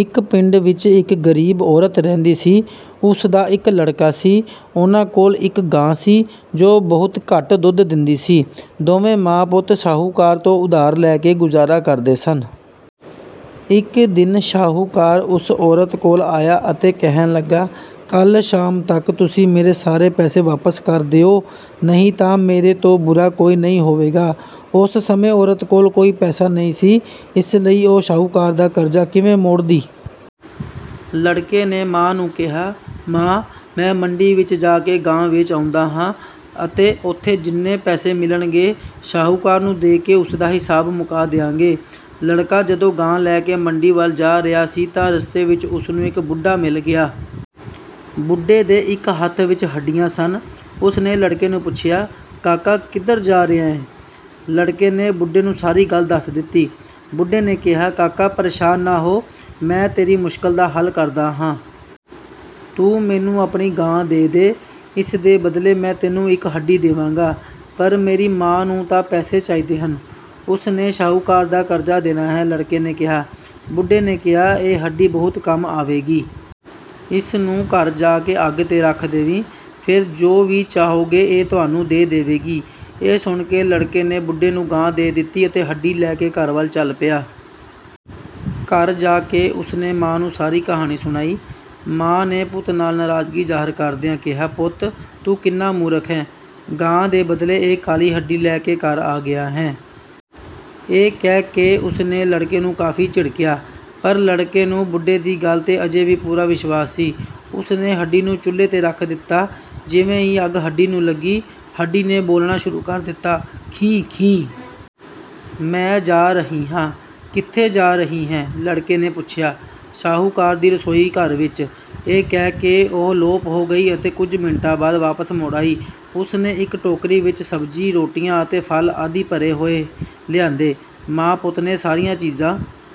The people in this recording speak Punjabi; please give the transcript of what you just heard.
ਇੱਕ ਪਿੰਡ ਵਿੱਚ ਇੱਕ ਗ਼ਰੀਬ ਔਰਤ ਰਹਿੰਦੀ ਸੀ। ਉਸ ਦਾ ਇੱਕ ਲੜਕਾ ਸੀ। ਉਹਨਾਂ ਕੋਲ ਇੱਕ ਗਾਂ ਸੀ, ਜੋ ਬਹੁਤ ਘੱਟ ਦੁੱਧ ਦਿੰਦੀ ਸੀ। ਦੋਵੇਂ ਮਾਂ-ਪੁੱਤ ਸ਼ਾਹੂਕਾਰ ਤੋਂ ਉਧਾਰ ਲੈ ਕੇ ਗੁਜ਼ਾਰਾ ਕਰਦੇ ਸਨ। ਇੱਕ ਦਿਨ ਸ਼ਾਹੂਕਾਰ ਉਸ ਔਰਤ ਕੋਲ ਆਇਆ ਅਤੇ ਕਹਿਣ ਲੱਗਾ, "ਕੱਲ੍ਹ ਸ਼ਾਮ ਤੱਕ ਤੁਸੀਂ ਮੇਰੇ ਸਾਰੇ ਪੈਸੇ ਵਾਪਸ ਕਰ ਦਿਓ, ਨਹੀਂ ਤਾਂ ਮੇਰੇ ਤੋਂ ਬੁਰਾ ਕੋਈ ਨਹੀਂ ਹੋਵੇਗਾ।" ਉਸ ਸਮੇਂ ਔਰਤ ਕੋਲ ਕੋਈ ਪੈਸਾ ਨਹੀਂ ਸੀ, ਇਸ ਲਈ ਉਹ ਸ਼ਾਹੂਕਾਰ ਦਾ ਕਰਜ਼ਾ ਕਿਵੇਂ ਮੋੜਦੀ? ਲੜਕੇ ਨੇ ਮਾਂ ਨੂੰ ਕਿਹਾ, "ਮਾਂ, ਮੈਂ ਮੰਡੀ ਵਿੱਚ ਜਾ ਕੇ ਗਾਂ ਵੇਚ ਆਉਂਦਾ ਹਾਂ ਅਤੇ ਉੱਥੋਂ ਜਿੰਨੇ ਪੈਸੇ ਮਿਲਣਗੇ, ਸ਼ਾਹੂਕਾਰ ਨੂੰ ਦੇ ਕੇ ਉਸ ਦਾ ਹਿਸਾਬ ਮੁਕਾ ਦਿਆਂਗੇ।" ਲੜਕਾ ਜਦੋਂ ਗਾਂ ਲੈ ਕੇ ਮੰਡੀ ਵੱਲ ਜਾ ਰਿਹਾ ਸੀ ਤਾਂ ਰਸਤੇ ਵਿੱਚ ਉਸ ਨੂੰ ਇੱਕ ਬੁੱਢਾ ਮਿਲ ਗਿਆ। ਬੁੱਢੇ ਦੇ ਇੱਕ ਹੱਥ ਵਿੱਚ ਹੱਡੀਆਂ ਸਨ। ਉਸ ਨੇ ਲੜਕੇ ਨੂੰ ਪੁੱਛਿਆ, "ਕਾਕਾ, ਕਿੱਧਰ ਜਾ ਰਿਹਾ ਹੈਂ?" ਲੜਕੇ ਨੇ ਬੁੱਢੇ ਨੂੰ ਸਾਰੀ ਗੱਲ ਦੱਸ ਦਿੱਤੀ। ਬੁੱਢੇ ਨੇ ਕਿਹਾ, "ਕਾਕਾ, ਪ੍ਰੇਸ਼ਾਨ ਨਾ ਹੋ, ਮੈਂ ਤੇਰੀ ਮੁਸ਼ਕਲ ਦਾ ਹੱਲ ਕਰਦਾ ਹਾਂ। ਤੂੰ ਮੈਨੂੰ ਆਪਣੀ ਗਾਂ ਦੇ ਦੇ, ਇਸ ਦੇ ਬਦਲੇ ਮੈਂ ਤੈਨੂੰ ਇੱਕ ਹੱਡੀ ਦੇਵਾਂਗਾ।" "ਪਰ ਮੇਰੀ ਮਾਂ ਨੂੰ ਤਾਂ ਪੈਸੇ ਚਾਹੀਦੇ ਹਨ, ਉਸ ਨੇ ਸ਼ਾਹੂਕਾਰ ਦਾ ਕਰਜ਼ਾ ਦੇਣਾ ਹੈ," ਲੜਕੇ ਨੇ ਕਿਹਾ। ਬੁੱਢੇ ਨੇ ਕਿਹਾ, "ਇਹ ਹੱਡੀ ਬਹੁਤ ਕੰਮ ਆਵੇਗੀ। ਇਸ ਨੂੰ ਘਰ ਜਾ ਕੇ ਅੱਗ 'ਤੇ ਰੱਖ ਦੇਵੀਂ, ਫਿਰ ਜੋ ਵੀ ਚਾਹੋਗੇ, ਇਹ ਤੁਹਾਨੂੰ ਦੇ ਦੇਵੇਗੀ।" ਇਹ ਸੁਣ ਕੇ ਲੜਕੇ ਨੇ ਬੁੱਢੇ ਨੂੰ ਗਾਂ ਦੇ ਦਿੱਤੀ ਅਤੇ ਹੱਡੀ ਲੈ ਕੇ ਘਰ ਵੱਲ ਚੱਲ ਪਿਆ। ਘਰ ਜਾ ਕੇ ਉਸ ਨੇ ਮਾਂ ਨੂੰ ਸਾਰੀ ਕਹਾਣੀ ਸੁਣਾਈ। ਮਾਂ ਨੇ ਪੁੱਤ ਨਾਲ ਨਾਰਾਜ਼ਗੀ ਜ਼ਾਹਰ ਕਰਦਿਆਂ ਕਿਹਾ, "ਪੁੱਤ, ਤੂੰ ਕਿੰਨਾ ਮੂਰਖ ਹੈਂ! ਗਾਂ ਦੇ ਬਦਲੇ ਇਹ ਕਾਲੀ ਹੱਡੀ ਲੈ ਕੇ ਘਰ ਆ ਗਿਆ ਹੈਂ?" ਇਹ ਕਹਿ ਕੇ ਉਸ ਨੇ ਲੜਕੇ ਨੂੰ ਕਾਫ਼ੀ ਝਿੜਕਿਆ। ਪਰ ਲੜਕੇ ਨੂੰ ਬੁੱਢੇ ਦੀ ਗੱਲ 'ਤੇ ਅਜੇ ਵੀ ਪੂਰਾ ਵਿਸ਼ਵਾਸ ਸੀ। ਉਸ ਨੇ ਹੱਡੀ ਨੂੰ ਚੁੱਲ੍ਹੇ 'ਤੇ ਰੱਖ ਦਿੱਤਾ। ਜਿਵੇਂ ਹੀ ਅੱਗ ਹੱਡੀ ਨੂੰ ਲੱਗੀ, ਹੱਡੀ ਨੇ ਬੋਲਣਾ ਸ਼ੁਰੂ ਕਰ ਦਿੱਤਾ, "ਖੀਂ-ਖੀਂ... ਮੈਂ ਜਾ ਰਹੀ ਹਾਂ।" "ਕਿੱਥੇ ਜਾ ਰਹੀ ਹੈਂ?" ਲੜਕੇ ਨੇ ਪੁੱਛਿਆ। "ਸ਼ਾਹੂਕਾਰ ਦੇ ਰਸੋਈ ਘਰ ਵਿੱਚ," ਇਹ ਕਹਿ ਕੇ ਉਹ ਲੋਪ ਹੋ ਗਈ ਅਤੇ ਕੁਝ ਮਿੰਟਾਂ ਬਾਅਦ ਵਾਪਸ ਮੁੜ ਆਈ। ਉਸ ਨੇ ਇੱਕ ਟੋਕਰੀ ਵਿੱਚ ਸਬਜ਼ੀ, ਰੋਟੀਆਂ ਅਤੇ ਫ਼ਲ ਆਦਿ ਭਰੇ ਹੋਏ ਲਿਆਂਦੇ। ਮਾਂ-ਪੁੱਤ ਨੇ ਸਾਰੀਆਂ ਚੀਜ਼ਾਂ